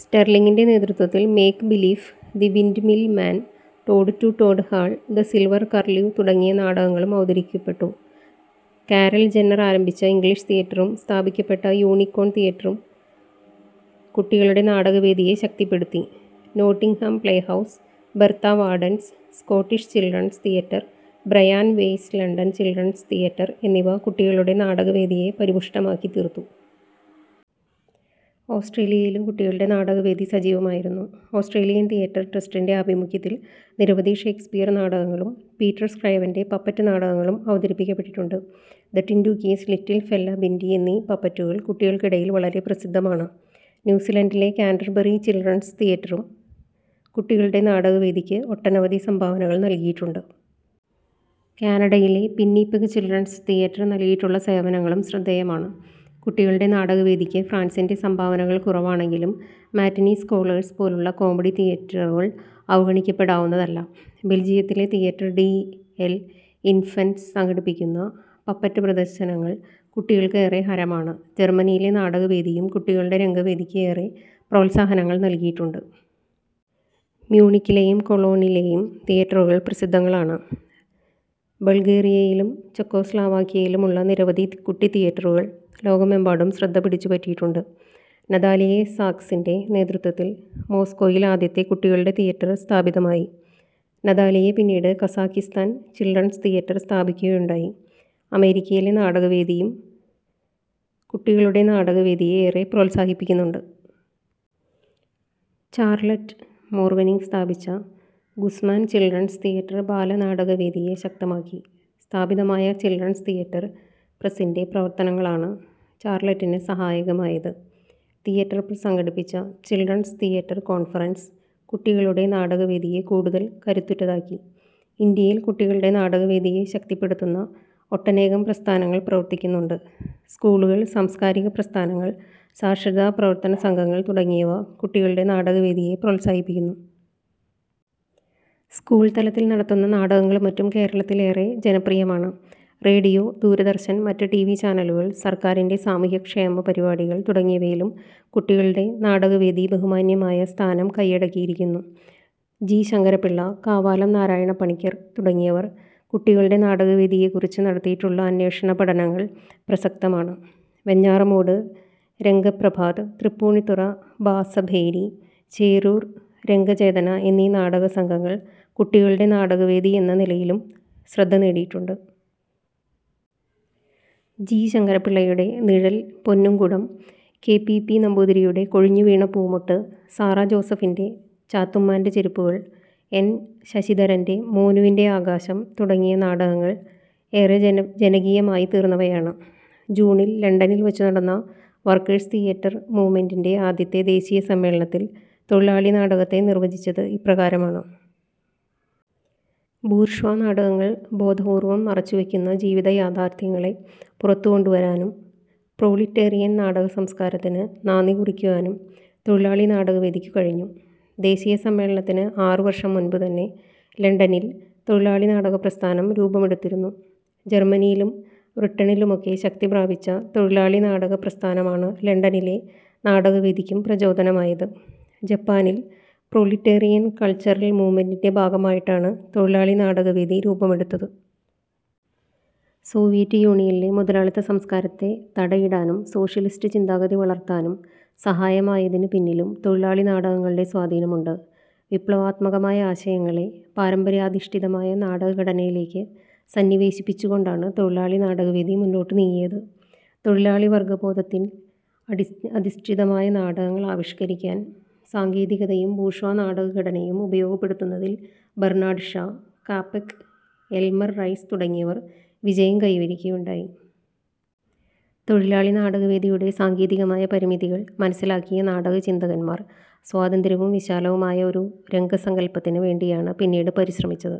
സ്റ്റെർലിങ്ങിൻ്റെ നേതൃത്വത്തിൽ make believe, the windmill man, Toad to Toad Hall, the silver curlew തുടങ്ങിയ നാടകങ്ങളും അവതരിക്കപ്പെട്ടു. Carol ജന്നർ ആരംഭിച്ച English തിയേറ്ററും സ്ഥാപിക്കപ്പെട്ട യൂനിക്കോൺ തിയേറ്ററും കുട്ടികളുടെ നാടകവേദിയെ ശക്തിപ്പെടുത്തി. Nottingham play house, Bertha Wardens Scottish children's theatre, Brian Way's London children's theatre എന്നിവ കുട്ടികളുടെ നാടകവേദിയെ പരിപുഷ്ടമാക്കിത്തീർത്തു. ഓസ്ട്രേലിയയിലും കുട്ടികളുടെ നാടകവേദി സജീവമായിരുന്നു. ഓസ്ട്രേലിയൻ തിയേറ്റർ ട്രസ്റ്റിൻ്റെ ആഭിമുഖ്യത്തിൽ നിരവധി ഷെയ്ക്സ്പിയർ നാടകങ്ങളും പീറ്റർ സ്ക്രൈവൻ്റെ പപ്പറ്റ് നാടകങ്ങളും അവതരിപ്പിക്കപ്പെട്ടിട്ടുണ്ട്. The Tintookies, little fella Bindi എന്നീ പപ്പറ്റുകൾ കുട്ടികൾക്കിടയിൽ വളരെ പ്രസിദ്ധമാണ്. ന്യൂസിലൻഡിലെ കാൻ്റർബറി ചിൽഡ്രൻസ് തിയേറ്ററും കുട്ടികളുടെ നാടകവേദിയ്ക്ക് ഒട്ടനവധി സംഭാവനകൾ നൽകിയിട്ടുണ്ട്. കാനഡയിലെ പിന്നിപെഗ് ചിൽഡ്രൻസ് തിയേറ്റർ നൽകിയിട്ടുള്ള സേവനങ്ങളും ശ്രദ്ധേയമാണ്. കുട്ടികളുടെ നാടകവേദിക്ക് ഫ്രാൻസിൻ്റെ സംഭാവനകൾ കുറവാണെങ്കിലും മാറ്റിനീസ് സ്കോളേഴ്സ് പോലുള്ള കോമഡി തിയേറ്ററുകൾ അവഗണിക്കപ്പെടാവുന്നതല്ല. ബെൽജിയത്തിലെ തിയേറ്റർ ഡി എൽ ഇൻഫൻസ് സംഘടിപ്പിക്കുന്ന പപ്പറ്റ് പ്രദർശനങ്ങൾ കുട്ടികൾക്ക് ഏറെ ഹരമാണ്. ജർമനിയിലെ നാടകവേദിയും കുട്ടികളുടെ രംഗവേദിക്ക് ഏറെ പ്രോത്സാഹനങ്ങൾ നൽകിയിട്ടുണ്ട്. മ്യൂണിക്കിലെയും കൊളോണിലെയും തിയേറ്ററുകൾ പ്രസിദ്ധങ്ങളാണ്. ബൾഗേറിയയിലും ചെക്കോസ്ലോവാക്യയിലും ഉള്ള നിരവധി കുട്ടി തിയേറ്ററുകൾ ലോകമെമ്പാടും ശ്രദ്ധ പിടിച്ചുപറ്റിയിട്ടുണ്ട്. നതാലിയേ സാക്സിൻ്റെ നേതൃത്വത്തിൽ മോസ്കോയിൽ ആദ്യത്തെ കുട്ടികളുടെ തിയേറ്റർ സ്ഥാപിതമായി. നതാലിയേ പിന്നീട് കസാക്കിസ്താൻ ചിൽഡ്രൻസ് തിയേറ്റർ സ്ഥാപിക്കുകയുണ്ടായി. അമേരിക്കയിലെ നാടകവേദിയും കുട്ടികളുടെ നാടകവേദിയെ ഏറെ പ്രോത്സാഹിപ്പിക്കുന്നുണ്ട്. ചാർലറ്റ് മോർവെനിങ് സ്ഥാപിച്ച ഗുസ്മാൻ ചിൽഡ്രൻസ് തിയേറ്റർ ബാലനാടകവേദിയെ ശക്തമാക്കി. സ്ഥാപിതമായ ചിൽഡ്രൻസ് തിയേറ്റർ പ്രസ്സിൻ്റെ പ്രവർത്തനങ്ങളാണ് ചാർലറ്റിന് സഹായകമായത്. തിയേറ്റർ പ്രസ് സംഘടിപ്പിച്ച ചിൽഡ്രൻസ് തിയേറ്റർ കോൺഫറൻസ്, കുട്ടികളുടെ നാടകവേദിയെ കൂടുതൽ കരുത്തുറ്റതാക്കി. ഇന്ത്യയിൽ, കുട്ടികളുടെ നാടകവേദിയെ ശക്തിപ്പെടുത്തുന്ന ഒട്ടനേകം പ്രസ്ഥാനങ്ങൾ പ്രവർത്തിക്കുന്നുണ്ട്. സ്കൂളുകൾ, സാംസ്കാരിക പ്രസ്ഥാനങ്ങൾ, സാക്ഷരതാ പ്രവർത്തനസംഘങ്ങൾ തുടങ്ങിയവ കുട്ടികളുടെ നാടകവേദിയെ പ്രോത്സാഹിപ്പിക്കുന്നു. സ്കൂൾ തലത്തിൽ നടത്തുന്ന നാടകങ്ങളും മറ്റും കേരളത്തിൽ ഏറെ ജനപ്രിയമാണ്. റേഡിയോ, ദൂരദർശൻ, മറ്റ് ടിവി ചാനലുകൾ, സർക്കാരിൻ്റെ സാമൂഹ്യക്ഷേമ പരിപാടികൾ തുടങ്ങിയവയിലും കുട്ടികളുടെ നാടകവേദി ബഹുമാന്യമായ സ്ഥാനം കയ്യടക്കിയിരിക്കുന്നു. ജി ശങ്കരപ്പിള്ള, കാവാലം നാരായണപ്പണിക്കർ തുടങ്ങിയവർ കുട്ടികളുടെ നാടകവേദിയെക്കുറിച്ച് നടത്തിയിട്ടുള്ള അന്വേഷണപഠനങ്ങൾ പ്രസക്തമാണ്. വെഞ്ഞാറമൂട് രംഗപ്രഭാത്, തൃപ്പൂണിത്തുറ ഭാസഭേരി, ചേരൂർ രംഗചേതന എന്നീ നാടകസംഘങ്ങൾ കുട്ടികളുടെ നാടകവേദി എന്ന നിലയിലും ശ്രദ്ധ നേടിയിട്ടുണ്ട്. ജി ശങ്കരപ്പിള്ളയുടെ Nizhal, Ponnumkudam, K P P നമ്പൂതിരിയുടെ കൊഴിഞ്ഞുവീണ പൂമൊട്ട്, സാറാ ജോസഫിൻ്റെ ചാത്തുമ്മാൻ്റെ ചെരുപ്പുകൾ, എൻ ശശിധരൻ്റെ മോനുവിൻ്റെ ആകാശം തുടങ്ങിയ നാടകങ്ങൾ ഏറെ ജനകീയമായിത്തീർന്നവയാണ്. ജൂണിൽ ലണ്ടനിൽ വെച്ചുനടന്ന വർക്കേഴ്സ് തിയേറ്റർ മൂവ്മെൻ്റിൻ്റെ ആദ്യത്തെ ദേശീയ സമ്മേളനത്തിൽ തൊഴിലാളി നാടകത്തെ നിർവചിച്ചത് ഇപ്രകാരമാണ്. ബൂർഷ്വാ നാടകങ്ങൾ ബോധപൂർവം മറച്ചുവെക്കുന്ന ജീവിത യാഥാർഥ്യങ്ങളെ പുറത്തുകൊണ്ടുവരാനും പ്രോലിട്ടേറിയൻ നാടക സംസ്കാരത്തിന് നാന്ദി കുറിക്കാനും തൊഴിലാളി നാടകവേദിക്കു കഴിഞ്ഞു. ദേശീയ സമ്മേളനത്തിന് ആറുവർഷം മുമ്പുതന്നെ ലണ്ടനിൽ തൊഴിലാളി നാടകപ്രസ്ഥാനം രൂപമെടുത്തിരുന്നു. ജർമനിയിലും ബ്രിട്ടനിലുമൊക്കെ ശക്തിപ്രാപിച്ച തൊഴിലാളിനാടക പ്രസ്ഥാനമാണ് ലണ്ടനിലെ നാടകവേദിക്കും പ്രചോദനമായത്. ജപ്പാനിൽ പ്രോലിട്ടേറിയൻ കൾച്ചറൽ മൂവ്മെൻ്റിൻ്റെ ഭാഗമായിട്ടാണ് തൊഴിലാളി നാടകവേദി രൂപമെടുത്തത്. സോവിയറ്റ് യൂണിയനിലെ മുതലാളിത്തസംസ്കാരത്തെ തടയിടാനും സോഷ്യലിസ്റ്റ് ചിന്താഗതി വളർത്താനും സഹായകമായതിന് പിന്നിലും തൊഴിലാളി നാടകങ്ങളുടെ സ്വാധീനമുണ്ട്. വിപ്ലവാത്മകമായ ആശയങ്ങളെ, പാരമ്പര്യാധിഷ്ഠിതമായ നാടകഘടനയിലേക്ക് സന്നിവേശിപ്പിച്ചുകൊണ്ടാണ് തൊഴിലാളി നാടകവേദി മുന്നോട്ട് നീങ്ങിയത്. തൊഴിലാളിവർഗബോധത്തിൽ അധിഷ്ഠിതമായ നാടകങ്ങൾ ആവിഷ്കരിക്കാൻ സാങ്കേതികതയും ബൂർഷ്വാനാടകഘടനയും ഉപയോഗപ്പെടുത്തുന്നതിൽ Bernard Shaw, Capek, Elmer Rice തുടങ്ങിയവർ വിജയം വരിക്കുകയുണ്ടായി. തൊഴിലാളിനാടകവേദിയുടെ സാങ്കേതികമായ പരിമിതികൾ മനസ്സിലാക്കിയ നാടക ചിന്തകന്മാർ, സ്വതന്ത്രവും വിശാലവുമായ ഒരു രംഗസങ്കൽപ്പത്തിന് വേണ്ടിയാണ് പിന്നീട് പരിശ്രമിച്ചത്.